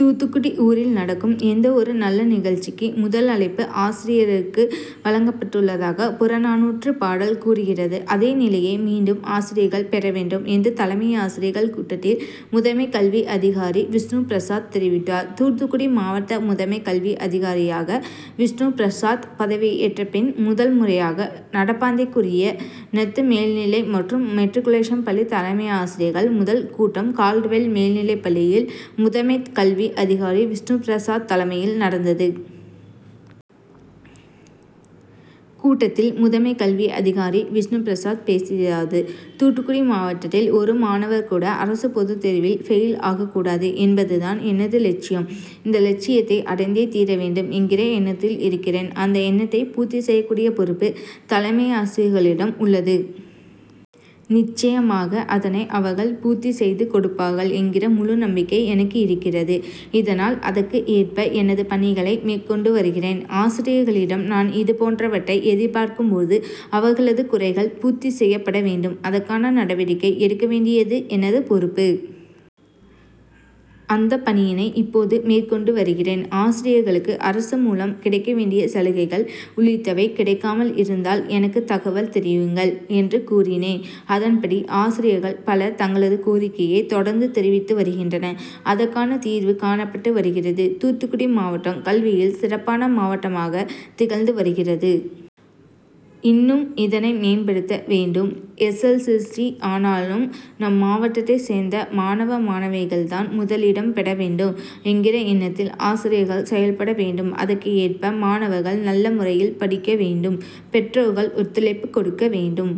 தூத்துக்குடி ஊரில் நடக்கும் எந்த ஒரு நல்ல நிகழ்ச்சிக்கு முதல் அழைப்பு ஆசிரியருக்கு வழங்கப்பட்டுள்ளதாக புறநானுற்று பாடல் கூறுகிறது. அதே நிலையை மீண்டும் ஆசிரியர்கள் பெற வேண்டும் என்று தலைமையாசிரியர்கள் கூட்டத்தில் முதன்மை கல்வி அதிகாரி விஷ்ணுபிரசாத் தெரிவித்தார். தூத்துக்குடி மாவட்ட முதன்மை கல்வி அதிகாரியாக விஷ்ணுபிரசாத் பதவி ஏற்ற பின் முதல் முறையாக நடப்பாண்டிற்குரிய னத்து மேல்நிலை மற்றும் மெட்ரிக்குலேஷன் பள்ளி தலைமையாசிரியர்கள் முதல் கூட்டம் கால்டுவெல் மேல்நிலைப் பள்ளியில் முதன்மை கல்வி அதிகாரி விஷ்ணுபிரசாத் தலைமையில் நடந்தது. கூட்டத்தில் முதன்மை கல்வி அதிகாரி விஷ்ணுபிரசாத் பேசியதாவது; தூத்துக்குடி மாவட்டத்தில் ஒரு மாணவர் கூட அரசு பொது தேர்வில் பெயில் ஆகக் கூடாது என்பது தான் எனது லட்சியம். இந்த லட்சியத்தை அடைந்தே தீரவேண்டும் என்கிற எண்ணத்தில் இருக்கிறேன். அந்த எண்ணத்தை பூர்த்தி செய்யக் கூடிய பொறுப்பு தலைமையாசிரியர்களிடம் உள்ளது. நிச்சயமாக அதனை அவர்கள் பூர்த்தி செய்து கொடுப்பார்கள் என்கிற முழு நம்பிக்கை எனக்கு இருக்கிறது. இதனால் அதற்கு ஏற்ப எனது பணிகளை மேற்கொண்டு வருகிறேன். ஆசிரியர்களிடம் நான் இதுபோன்றவற்றை எதிர்பார்க்கும் போது அவர்களது குறைகள் பூர்த்தி செய்யப்பட வேண்டும். அதற்கான நடவடிக்கை எடு க்க வேண்டியது எனது பொறுப்பு. அந்த பணியினை இப்போது மேற்கொண்டு வருகிறேன். ஆசிரியர்களுக்கு அரசு மூலம் கிடைக்க வேண்டிய சலுகைகள் உள்ளிட்டவை கிடைக்காமல் இருந்தால் எனக்கு தகவல் தெரிவியுங்கள் என்று கூறினேன். அதன்படி ஆசிரியர்கள் பலர் தங்களது கோரிக்கையை தொடர்ந்து தெரிவித்து வருகின்றனர். அதற்கான தீர்வு காணப்பட்டு வருகிறது. தூத்துக்குடி மாவட்டம் கல்வியில் சிறப்பான மாவட்டமாக திக ழ்ந்து வருகிறது. இன்னும் இதனை மேம்படுத்த வேண்டும். எஸ்.எஸ்.எல்.சி ஆனாலும் நம் மாவட்டத்தை சேர்ந்த மாணவ மாணவிகள் தான் முதலிடம் பெற வேண்டும் என்கிற எண்ணத்தில் ஆசிரியர்கள் செயல்பட வேண்டும். அதற்கு ஏற்ப மாணவர்கள் நல்ல முறையில் படிக்க வேண்டும். பெற்றோர்கள் ஒத்துழைப்பு கொடுக்க வேண்டும்.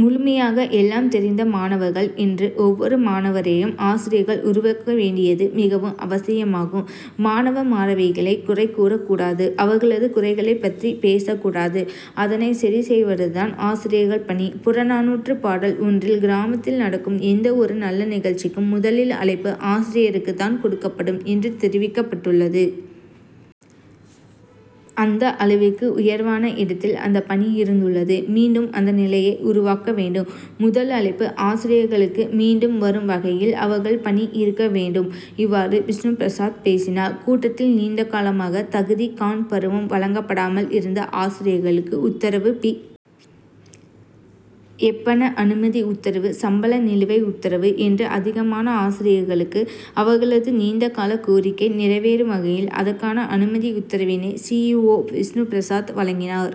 முழுமையாக எல்லாம் தெரிந்த மாணவர்கள் என்று ஒவ்வொரு மாணவரையும் ஆசிரியர்கள் உருவக்க வேண்டியது மிகவும் அவசியமாகும். மாணவ மாணவிகளை குறை கூறக் கூடாது. அவர்களது குறைகளை பற்றி பேசக் கூடாது. அதனை சரி செய்வது தான் ஆசிரியர்கள் பணி. புறநானூற்று பாடல் ஒன்றில் கிராமத்தில் நடக்கும் எந்த ஒரு நல்ல நிகழ்ச்சிக்கும் முதலில் அழைப்பு ஆசிரியருக்கு தான் கொடுக்கப்படும் என்று தெரிவிக்கப்பட்டுள்ளது. அந்த அள விற்கு உயர்வான இடத்தில் அந்த பணி இருந்துள்ளது. மீண்டும் அந்த நிலையை உருவாக்க வேண்டும். முதல் அழைப்பு ஆசிரியர்களுக்கு மீண்டும் வரும் வகையில் அவர்கள் பணி இருக்க வேண்டும். இவ்வாறு விஷ்ணுபிரசாத் பேசினார். கூட்டத்தில் நீண்ட காலமாக தகுதி காண் பருவம் வழங்கப்படாமல் இருந்த ஆசிரியர்களுக்கு உத்தரவு பி. எப்பண அனுமதி உத்தரவு சம்பள நிலுவை உத்தரவு என்று அதிகமான ஆசிரியர்களுக்கு அவர்களது நீண்ட கால கோரிக்கை நிறைவேறும் வகையில் அதற்கான அனுமதி உத்தரவினை சி. இ. ஓ விஷ்ணுபிரசாத் வழங்கினார்.